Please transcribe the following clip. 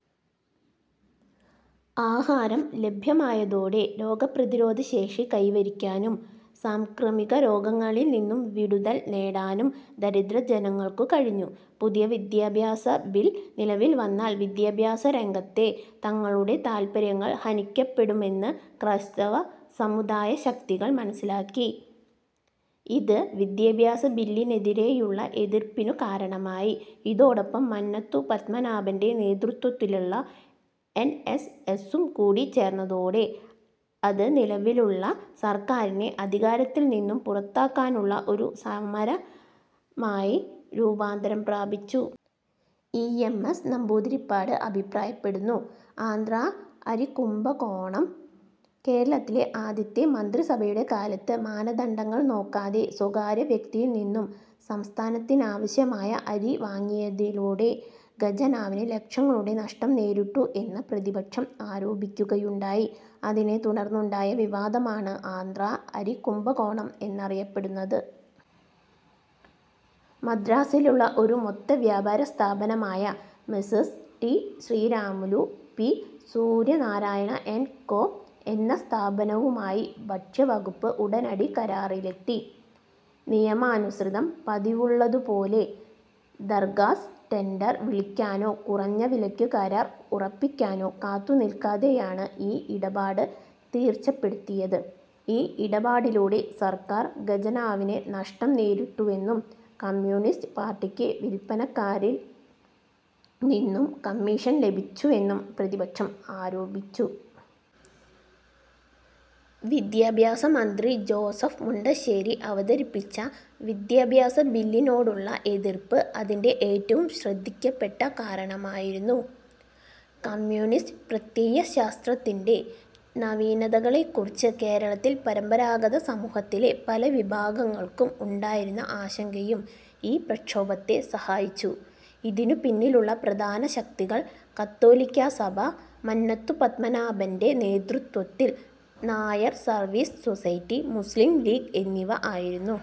ആഹാരം ലഭ്യമായതോടെ, രോഗപ്രതിരോധശേഷി കൈവരിക്കാനും, സാംക്രമികരോഗങ്ങളിൽ നിന്നും വിടുതൽ നേടാനും ദരിദ്രജനങ്ങൾക്കു കഴിഞ്ഞു. പുതിയ വിദ്യാഭ്യാസ ബിൽ നിലവിൽ വന്നാൽ വിദ്യാഭ്യാസരംഗത്തെ തങ്ങളുടെ താൽപര്യങ്ങൾ ഹനിക്കപ്പെടുമെന്ന് ക്രൈസ്തവ സമുദായശക്തികൾ മനസ്സിലാക്കി. ഇത് വിദ്യാഭ്യാസബില്ലിനെതിരേയുള്ള എതിർപ്പിനു കാരണമായി. ഇതോടൊപ്പം മന്നത്തു പദ്മനാഭന്റെ നേതൃത്വത്തിലുള്ള എൻ. എസ്. എസ്സും കൂടി ചേർന്നതോടെ അത് നിലവിലുള്ള സർക്കാരിനെ അധികാരത്തിൽ നിന്നും പുറത്താക്കാനുള്ള ഒരു സമരമായി രൂപാന്തരം പ്രാപിച്ചു. എം. എസ്സ് നമ്പൂതിരിപ്പാട് അഭിപ്രായപ്പെടുന്നു. ആന്ധ്രാ അരി കുംഭകോണം: കേരളത്തിലെ ആദ്യത്തെ മന്ത്രിസഭയുടെ കാലത്ത് മാനദണ്ഡങ്ങൾ നോക്കാതെ സ്വകാര്യ വ്യക്തിയിൽ നിന്നും സംസ്ഥാനത്തിനാവശ്യമായ അരി വാങ്ങിയതിലൂടെ ഖജനാവിന് ലക്ഷങ്ങളുടെ നഷ്ടം നേരിട്ടു എന്ന് പ്രതിപക്ഷം ആരോപിക്കുകയുണ്ടായി, അതിനെ തുടർന്നുണ്ടായ വിവാദമാണ് ആന്ധ്രാ അരി കുംഭകോണം എന്നറിയപ്പെടുന്നത്. മദ്രാസ്സിലുള്ള ഒരു മൊത്തവ്യാപാരസ്ഥാപനമായ "Messrs T. Sriramulu, P. Suryanarayana & Co. " എന്ന സ്ഥാപനവുമായി ഭക്ഷ്യവകുപ്പ് ഉടനടി കരാറിലെത്തി. നിയമാനുസൃതം പതിവുള്ളതുപോലെ ദർഘാസ് ടെണ്ടർ വിളിക്കാനോ കുറഞ്ഞ വിലയ്ക്കു് കരാർ ഉറപ്പിക്കാനോ കാത്തുനിൽക്കാതെയാണു് ഈ ഇടപാട് തീർച്ചപ്പെടുത്തിയതു്. ഈ ഇടപാടിലൂടെ സർക്കാർ ഖജനാവിന് നഷ്ടം നേരിട്ടുവെന്നും, കമ്മ്യൂണിസ്റ്റ് പാർട്ടിക്ക് വില്പനക്കാരനിൽ നിന്നും കമ്മീഷൻ ലഭിച്ചുവെന്നും പ്രതിപക്ഷം ആരോപിച്ചു. വിദ്യാഭ്യാസമന്ത്രി ജോസഫ് മുണ്ടശ്ശേരി അവതരിപ്പിച്ച വിദ്യാഭ്യാസ ബില്ലിനോടുള്ള എതിർപ്പ് അതിന്റെ ഏറ്റവും ശ്രദ്ധിക്കപ്പെട്ട കാരണമായിരുന്നു. കമ്മ്യൂണിസ്റ്റു പ്രത്യയശാസ്ത്രത്തിന്റെ നവീനതകളെക്കുറിച്ച് കേരളത്തിൽ പരമ്പരാഗത സമൂഹത്തിലെ പലവിഭാഗങ്ങൾക്കും ഉണ്ടായിരുന്ന ആശങ്കയും ഈ പ്രക്ഷോഭത്തെ സഹായിച്ചു. ഇതിനു പിന്നിലുള്ള പ്രധാന ശക്തികൾ കത്തോലിക്കാ സഭ, മന്നത്തു പത്മനാഭന്റെ നേതൃത്വത്തിൽ Nair Service Society, Muslim League എന്നിവ ആയിരുന്നു.